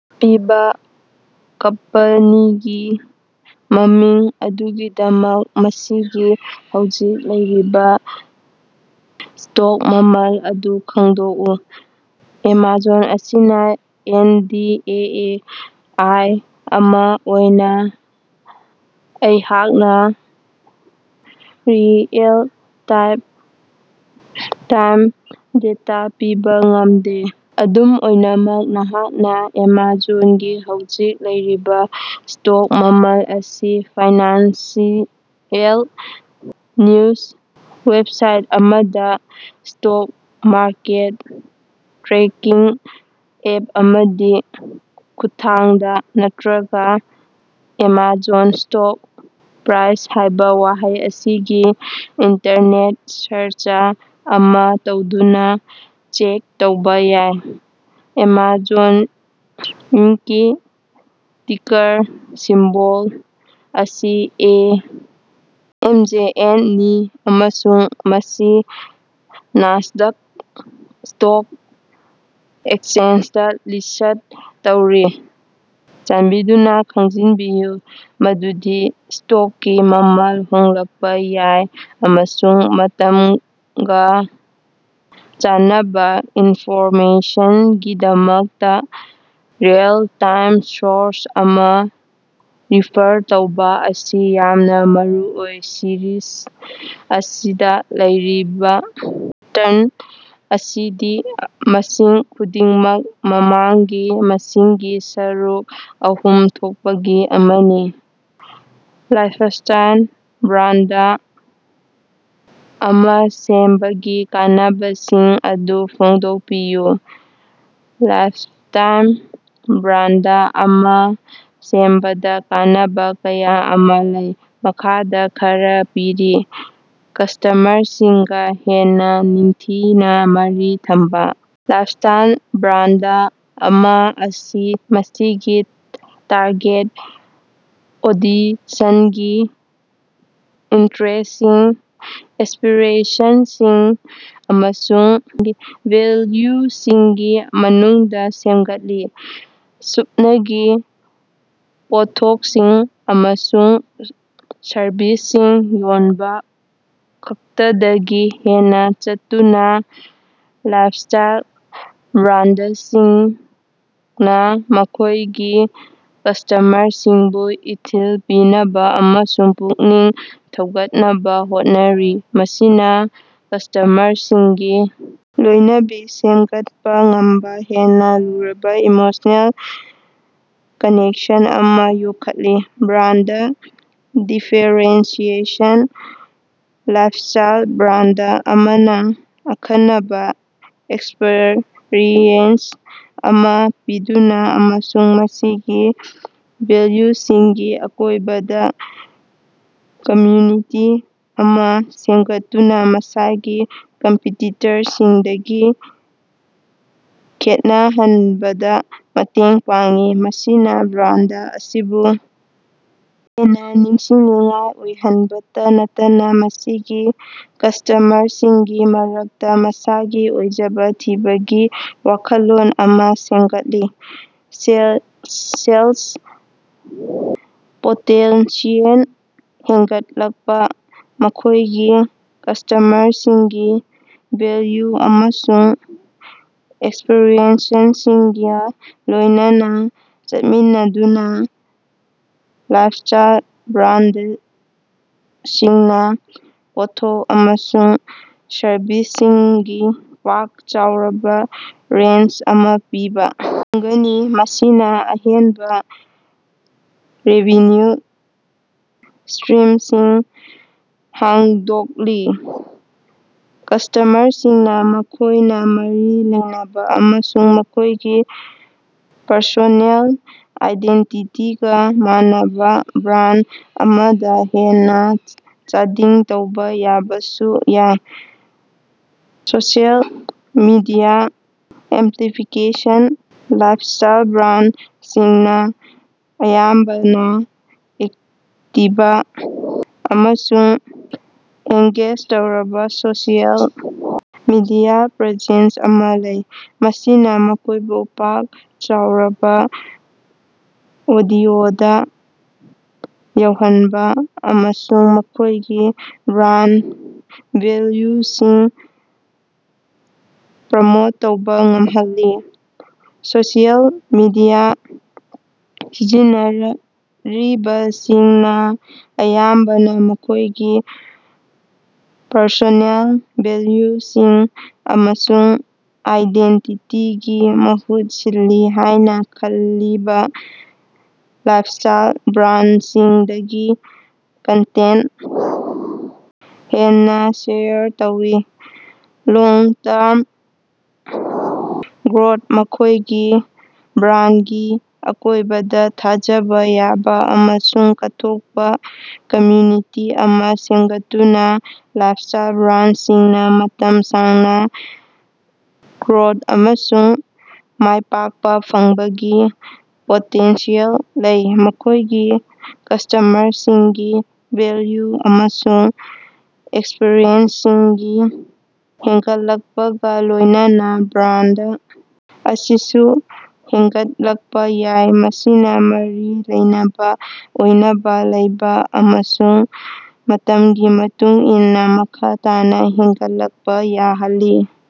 ꯑꯄꯤꯕ ꯀꯝꯄꯅꯤꯒꯤ ꯃꯃꯤꯡ ꯑꯗꯨꯒꯤꯗꯃꯛ, ꯃꯁꯤꯒꯤ ꯍꯧꯖꯤꯛ ꯂꯩꯔꯤꯕ ꯁ꯭ꯇꯣꯛ ꯃꯃꯜ ꯑꯗꯨ ꯈꯪꯗꯣꯛꯎ꯫ ꯑꯦꯃꯥꯖꯣꯟ ꯑꯁꯤꯅ ꯑꯦꯟ. ꯗꯤ. ꯑꯦ ꯑꯦ. ꯑꯥꯏ. ꯑꯃ ꯑꯣꯏꯅ ꯑꯩꯍꯥꯛꯅ ꯔꯤꯑꯦꯜ-ꯇꯥꯏꯝ ꯗꯦꯇ ꯄꯤꯕ ꯉꯝꯗꯦ꯫ ꯑꯗꯨꯝ ꯑꯣꯏꯅꯃꯛ, ꯅꯍꯥꯛꯅ ꯑꯦꯃꯥꯖꯣꯟꯒꯤ ꯍꯧꯖꯤꯛ ꯂꯩꯔꯤꯕ ꯁ꯭ꯇꯣꯛ ꯃꯃꯜ ꯑꯁꯤ ꯐꯥꯏꯅꯥꯟꯁꯤꯑꯦꯜ ꯅꯤꯎꯖ ꯋꯦꯕꯁꯥꯏꯠ ꯑꯃꯗ, ꯁ꯭ꯇꯣꯛ ꯃꯥꯔꯀꯦꯠ ꯇ꯭ꯔꯦꯀꯤꯡ ꯑꯦꯞ ꯑꯃꯒꯤ ꯈꯨꯠꯊꯥꯡꯗ ꯅꯠꯇ꯭ꯔꯒ `ꯑꯦꯃꯥꯖꯣꯟ ꯁ꯭ꯇꯣꯛ ꯄ꯭ꯔꯥꯏꯁ` ꯍꯥꯏꯕ ꯋꯥꯍꯩ ꯑꯁꯤꯒꯤ ꯏꯟꯇꯔꯅꯦꯠ ꯁꯔꯆ ꯑꯃ ꯇꯧꯗꯨꯅ ꯆꯦꯛ ꯇꯧꯕ ꯌꯥꯏ꯫ ꯑꯦꯃꯥꯖꯣꯟ ꯏꯟꯛꯀꯤ ꯇꯤꯀꯔ ꯁꯤꯝꯕꯣꯜ ꯑꯁꯤ ꯑꯦ. ꯑꯦꯝ. ꯖꯦ. ꯑꯦꯟ. ꯅꯤ ꯑꯃꯁꯨꯡ ꯃꯁꯤ ꯅꯥꯁꯗꯛ ꯁ꯭ꯇꯣꯛ ꯑꯦꯛꯆꯦꯟꯖꯗ ꯂꯤꯁ꯭ꯠ ꯇꯧꯔꯤ꯫ ꯆꯥꯟꯕꯤꯗꯨꯅ ꯈꯪꯖꯤꯟꯕꯤꯌꯨ ꯃꯗꯨꯗꯤ ꯁ꯭ꯇꯣꯛꯀꯤ ꯃꯃꯜ ꯍꯣꯡꯂꯛꯄ ꯌꯥꯏ ꯑꯃꯁꯨꯡ ꯃꯇꯝꯒ ꯆꯥꯟꯅꯕ ꯏꯟꯐꯣꯔꯃꯦꯁꯟꯒꯤꯗꯃꯛꯇ ꯔꯤꯑꯦꯜ-ꯇꯥꯏꯝ ꯁꯣꯔꯁ ꯑꯃ ꯔꯤꯐꯔ ꯇꯧꯕ ꯑꯁꯤ ꯌꯥꯝꯅ ꯃꯔꯨꯑꯣꯏ꯫ ꯁꯤꯔꯤꯖ ꯑꯁꯤꯗ ꯂꯩꯔꯤꯕ ꯄꯦꯇꯔꯟ ꯑꯁꯤꯗꯤ ꯃꯁꯤꯡ ꯈꯨꯗꯤꯡꯃꯛ ꯃꯃꯥꯡꯒꯤ ꯃꯁꯤꯡꯒꯤ ꯁꯔꯨꯛ ꯑꯍꯨꯝ ꯊꯣꯛꯄꯒꯤ ꯑꯃꯅꯤ꯫ ꯂꯥꯏꯐꯁ꯭ꯇꯥꯏꯜ ꯕ꯭ꯔꯥꯟꯗ ꯑꯃ ꯁꯦꯝꯕꯒꯤ ꯀꯥꯟꯅꯕꯁꯤꯡ ꯑꯗꯨ ꯐꯣꯡꯗꯣꯛꯄꯤꯌꯨ꯫ ꯂꯥꯏꯐꯁ꯭ꯇꯥꯏꯜ ꯕ꯭ꯔꯥꯟꯗ ꯑꯃ ꯁꯦꯝꯕꯗ ꯀꯥꯟꯅꯕ ꯀꯌꯥ ꯑꯃ ꯂꯩ꯫ ꯃꯈꯥꯗ ꯈꯔ ꯄꯤꯔꯤ: ꯀꯁꯇꯃꯔꯁꯤꯡꯒ ꯍꯦꯟꯅ ꯅꯤꯡꯊꯤꯅ ꯃꯔꯤ ꯊꯝꯕ: ꯂꯥꯏꯐꯁ꯭ꯇꯥꯏꯜ ꯕ꯭ꯔꯥꯟꯗ ꯑꯃ ꯑꯁꯤ ꯃꯁꯤꯒꯤ ꯇꯥꯔꯒꯦꯠ ꯑꯣꯗꯤꯁꯟꯒꯤ ꯏꯟꯇꯔꯦꯁꯁꯤꯡ, ꯑꯦꯁꯄꯤꯔꯦꯁꯟꯁꯤꯡ ꯑꯃꯁꯨꯡ ꯚꯦꯜꯌꯨꯁꯤꯡꯒꯤ ꯃꯅꯨꯡꯗ ꯁꯦꯝꯒꯠꯂꯤ꯫ ꯁꯨꯞꯅꯒꯤ ꯄꯣꯠꯊꯣꯛꯁꯤꯡ ꯑꯃꯁꯨꯡ ꯁꯔꯕꯤꯁꯁꯤꯡ ꯌꯣꯟꯕ ꯈꯛꯇꯗꯒꯤ ꯍꯦꯟꯅ ꯆꯠꯇꯨꯅ, ꯂꯥꯏꯐꯁ꯭ꯇꯥꯏꯜ ꯕ꯭ꯔꯥꯟꯗꯁꯤꯡꯅ ꯃꯈꯣꯏꯒꯤ ꯀꯁꯇꯃꯔꯁꯤꯡꯕꯨ ꯏꯊꯤꯜ ꯄꯤꯅꯕ ꯑꯃꯁꯨꯡ ꯄꯨꯛꯅꯤꯡ ꯊꯧꯒꯠꯅꯕ ꯍꯣꯠꯅꯔꯤ, ꯃꯁꯤꯅ ꯀꯁꯇꯃꯔꯁꯤꯡꯒꯤ ꯂꯣꯏꯅꯕꯤ ꯁꯦꯝꯒꯠꯄ ꯉꯝꯕ ꯍꯦꯟꯅ ꯂꯨꯔꯕ ꯏꯃꯣꯁꯅꯦꯜ ꯀꯅꯦꯛꯁꯟ ꯑꯃ ꯌꯣꯛꯈꯠꯂꯤ꯫ ꯕ꯭ꯔꯥꯟꯗ ꯗꯤꯐꯦꯔꯦꯟꯁꯤꯌꯦꯁꯟ: ꯂꯥꯏꯐꯁ꯭ꯇꯥꯏꯜ ꯕ꯭ꯔꯥꯟꯗ ꯑꯃꯅ ꯑꯈꯟꯅꯕ ꯑꯦꯛꯁꯄꯔꯤꯌꯦꯟꯁ ꯑꯃ ꯄꯤꯗꯨꯅ ꯑꯃꯁꯨꯡ ꯃꯁꯤꯒꯤ ꯚꯦꯜꯌꯨꯁꯤꯡꯒꯤ ꯑꯀꯣꯏꯕꯗ ꯀꯝꯃ꯭ꯌꯨꯅꯤꯇꯤ ꯑꯃ ꯁꯦꯝꯒꯠꯇꯨꯅ ꯃꯁꯥꯒꯤ ꯀꯝꯄꯤꯇꯤꯇꯔꯁꯤꯡꯗꯒꯤ ꯈꯦꯠꯅꯍꯟꯕꯗ ꯃꯇꯦꯡ ꯄꯥꯡꯏ꯫ ꯃꯁꯤꯅ ꯕ꯭ꯔꯥꯟꯗ ꯑꯁꯤꯕꯨ ꯍꯦꯟꯅ ꯅꯤꯡꯁꯤꯡꯅꯤꯡꯉꯥꯏ ꯑꯣꯏꯍꯟꯕꯇ ꯅꯠꯇꯅ ꯃꯁꯤꯒꯤ ꯀꯁ꯭ꯇꯃꯔꯁꯤꯡꯒꯤ ꯃꯔꯛꯇ ꯃꯁꯥꯒꯤ ꯑꯣꯏꯖꯕ ꯊꯤꯕꯒꯤ ꯋꯥꯈꯜꯂꯣꯟ ꯑꯃ ꯁꯦꯝꯒꯠꯂꯤ꯫ ꯁꯦꯜꯁ ꯄꯣꯇꯦꯟꯁꯤꯌꯦꯜ ꯍꯦꯟꯒꯠꯂꯛꯄ: ꯃꯈꯣꯏꯒꯤ ꯀꯁꯇꯃꯔꯁꯤꯡꯒꯤ ꯚꯦꯜꯌꯨ ꯑꯃꯁꯨꯡ ꯑꯦꯁꯄꯤꯔꯦꯁꯟꯁꯤꯡꯒ ꯂꯣꯏꯅꯅ ꯆꯠꯃꯤꯟꯅꯗꯨꯅ ꯂꯥꯏꯐꯁ꯭ꯇꯥꯏꯜ ꯕ꯭ꯔꯥꯟꯗꯁꯤꯡꯅ ꯄꯣꯠꯊꯣꯛ ꯑꯃꯁꯨꯡ ꯁꯔꯕꯤꯁꯁꯤꯡꯒꯤ ꯄꯥꯛ ꯆꯥꯎꯔꯕ ꯔꯦꯟꯖ ꯑꯃ ꯄꯤꯕ ꯉꯝꯒꯅꯤ, ꯃꯁꯤꯅ ꯑꯍꯦꯟꯕ ꯔꯦꯚꯤꯅ꯭ꯌꯨ ꯁꯇ꯭ꯔꯤꯝꯁꯤꯡ ꯍꯥꯡꯗꯣꯛꯂꯤ꯫ ꯀꯁꯇꯃꯔꯁꯤꯡꯅ ꯃꯈꯣꯏꯅ ꯃꯔꯤ ꯂꯩꯅꯕ ꯑꯃꯁꯨꯡ ꯃꯈꯣꯏꯒꯤ ꯄꯔꯁꯣꯅꯦꯜ ꯑꯥꯏꯗꯦꯟꯇꯤꯇꯤꯒ ꯃꯥꯟꯅꯕ ꯕ꯭ꯔꯥꯟꯗ ꯑꯃꯗ ꯍꯦꯟꯅ ꯆꯥꯗꯤꯡ ꯇꯧꯕ ꯌꯥꯕꯁꯨ ꯌꯥꯏ꯫ ꯁꯣꯁꯤꯑꯦꯜ ꯃꯤꯗꯤꯌꯥ ꯑꯦꯝꯄ꯭ꯂꯤꯐꯤꯀꯦꯁꯟ: ꯂꯥꯏꯐꯁ꯭ꯇꯥꯏꯜ ꯕ꯭ꯔꯥꯟꯗꯁꯤꯡꯅ ꯑꯌꯥꯝꯕꯅ ꯑꯦꯛꯇꯤꯕ ꯑꯃꯁꯨꯡ ꯑꯦꯡꯒꯦꯖ ꯇꯧꯔꯕ ꯁꯣꯁꯤꯑꯦꯜ ꯃꯤꯗꯤꯌꯥ ꯄ꯭ꯔꯦꯖꯦꯟꯁ ꯑꯃ ꯂꯩ, ꯃꯁꯤꯅ ꯃꯈꯣꯏꯕꯨ ꯄꯥꯛ ꯆꯥꯎꯔꯕ ꯑꯣꯗꯤꯑꯣꯗ ꯌꯧꯍꯟꯕ ꯑꯃꯁꯨꯡ ꯃꯈꯣꯏꯒꯤ ꯕ꯭ꯔꯥꯟꯗ ꯚꯦꯜꯌꯨꯁꯤꯡ ꯄ꯭ꯔꯃꯣꯠ ꯇꯧꯕ ꯉꯝꯍꯜꯂꯤ꯫ ꯁꯣꯁꯤꯑꯦꯜ ꯃꯤꯗꯤꯌꯥ ꯁꯤꯖꯤꯟꯅꯔꯤꯕꯁꯤꯡꯅ ꯑꯌꯥꯝꯕꯅ ꯃꯈꯣꯏꯒꯤ ꯄꯔꯁꯣꯅꯦꯜ ꯚꯦꯜꯌꯨꯁꯤꯡ ꯑꯃꯁꯨꯡ ꯑꯥꯏꯗꯦꯟꯇꯤꯇꯤꯒꯤ ꯃꯍꯨꯠ ꯁꯤꯜꯂꯤ ꯍꯥꯏꯅ ꯈꯜꯂꯤꯕ ꯂꯥꯏꯐꯁ꯭ꯇꯥꯏꯜ ꯕ꯭ꯔꯥꯟꯗꯁꯤꯡꯗꯒꯤ ꯀꯟꯇꯦꯟꯠ ꯍꯦꯟꯅ ꯁꯦꯌꯔ ꯇꯧꯏ꯫ ꯂꯣꯡ-ꯇꯔꯝ ꯒ꯭ꯔꯣꯊ: ꯃꯈꯣꯏꯒꯤ ꯕ꯭ꯔꯥꯟꯗꯒꯤ ꯑꯀꯣꯏꯕꯗ ꯊꯥꯖꯕ ꯌꯥꯕ ꯑꯃꯁꯨꯡ ꯀꯠꯊꯣꯛꯄ ꯀꯝꯃ꯭ꯌꯨꯅꯤꯇꯤ ꯑꯃ ꯁꯦꯝꯒꯠꯇꯨꯅ ꯂꯥꯏꯐꯁ꯭ꯇꯥꯏꯜ ꯕ꯭ꯔꯥꯟꯗꯁꯤꯡꯅ ꯃꯇꯝ ꯁꯥꯡꯅ ꯒ꯭ꯔꯣꯊ ꯑꯃꯁꯨꯡ ꯃꯥꯏꯄꯥꯛꯄ ꯐꯪꯕꯒꯤ ꯄꯣꯇꯦꯟꯁꯤꯌꯦꯜ ꯂꯩ꯫ ꯃꯈꯣꯏꯒꯤ ꯀꯁꯇꯃꯔꯁꯤꯡꯒꯤ ꯚꯦꯜꯌꯨ ꯑꯃꯁꯨꯡ ꯑꯦꯁꯄꯤꯔꯦꯁꯟꯁꯤꯡꯒꯤ ꯍꯦꯟꯒꯠꯂꯛꯄꯒ ꯂꯣꯏꯅꯅ ꯕ꯭ꯔꯥꯟꯗ ꯑꯁꯤꯁꯨ ꯍꯦꯟꯒꯠꯂꯛꯄ ꯌꯥꯏ, ꯃꯁꯤꯅ ꯃꯔꯤ ꯂꯩꯅꯕ ꯑꯣꯏꯅꯕ ꯂꯩꯕ ꯑꯃꯁꯨꯡ ꯃꯇꯝꯒꯤ ꯃꯇꯨꯡ ꯏꯟꯅ ꯃꯈꯥ ꯇꯥꯅ ꯍꯦꯟꯒꯠꯂꯛꯄ ꯌꯥꯍꯜꯂꯤ꯫